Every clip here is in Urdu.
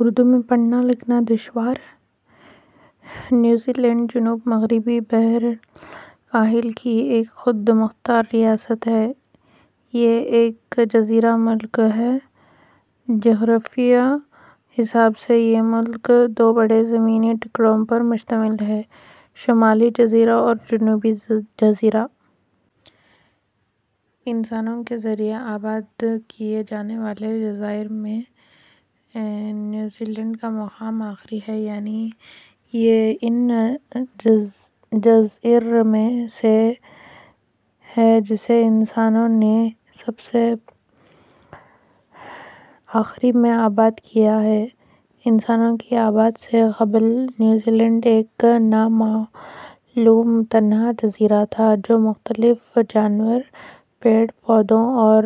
اردو میں پڑھنا لکھنا دشوار؟ نیوزی لینڈ جنوب مغربی بحر الکاہل کی ایک خود مختار ریاست ہے۔ یہ ایک جزیرہ ملک ہے۔ جغرافیائی حساب سے یہ ملک دو بڑے زمینی ٹکڑوں پر مشتمل ہے؛ شمالی جزیرہ اور جنوبی جزیرہ۔ انسانوں کے ذریعے آباد کیے جانے والے جزائر میں نیوزی لینڈ کا مقام آخری ہے۔ یعنی یہ ان جزئر میں سے ہے جسے انسانوں نے سب سے آخری میں آباد کیا ہے۔ انسانوں کی آبادی سے قبل نیوزی لینڈ ایک نا معلوم تنہا جزیرہ تھا جو مختلف جانور، پیڑ پودوں اور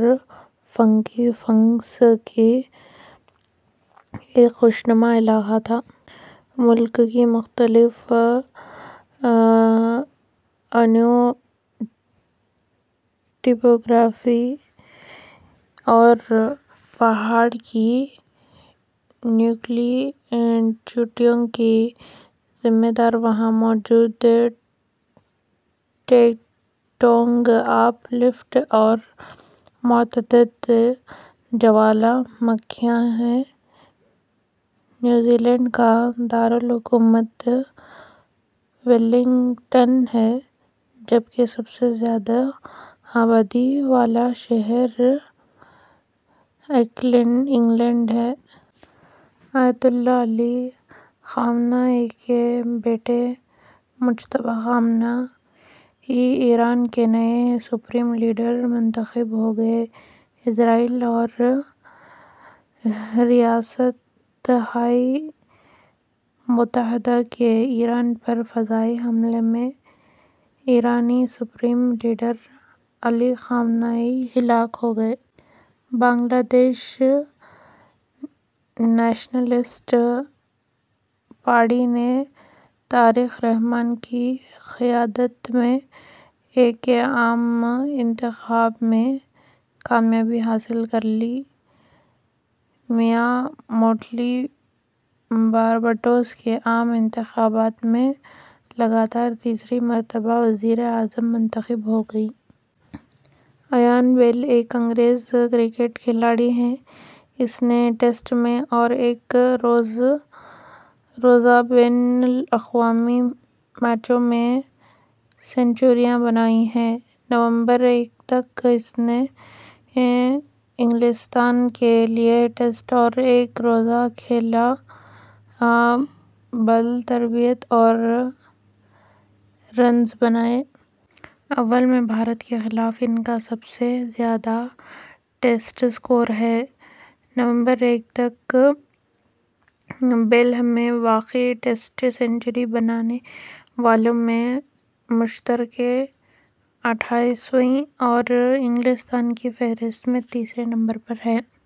فنگی فنگس کا ایک خوشنما علاقہ تھا۔ ملک کی مختلف النوع ٹوپوگرافی اور پہاڑ کی نوکیلی چوٹیوں کی ذمہ دار وہاں موجود ٹیک ٹونک اپ لفٹ اور متعدد جوالہ مکھیاں ہیں۔ نیوزی لینڈ کا دار الحکومت ویلنگٹن ہے جبکہ سب سے زیادہ آبادی والا شہر آکلینڈ ہے۔ آیت اللہ علی خامنہ ای کے بیٹے مجتبیٰ خامنہ ای ایران کے نئے سپریم لیڈر منتخب ہو گئے۔ اسرائیل اور ریاستہائے متحدہ کے ایران پر فضائی حملے میں ایرانی supreme leader Ali Khamenei ہلاک ہو گئے۔ بنگلہ دیش نیشنلسٹ پارٹی نے طارق رحمٰن کی قیادت میں ء کے عام انتخابات میں کامیابی حاصل کرلی۔ میا موٹلی بارباڈوس کے عام انتخابات میں لگاتار تیسری مرتبہ وزیرِ اعظم منتخب ہو گئیں۔ ایان بیل ایک انگریز کرکٹ کھلاڑی ہے۔ اس نے ٹیسٹ میں اور ایک روزہ بین الاقوامی میچوں میں سنچریاں بنائی ہیں۔ نومبر ء تک، اس نے انگلستان کے لیے ٹیسٹ اور ایک روزہ کھیلے، بالترتیب اور رنز بنائے۔ اوول میں بھارت کے خلاف ان کا سب سے زیادہ ٹیسٹ سکور ہے۔ نومبر ء تک، بیل ہمہ وقتی ٹیسٹ سنچری بنانے والوں میں مشترکہ اٹھائیسویں اور انگلستان کی فہرست میں تیسرے نمبر پر ہے۔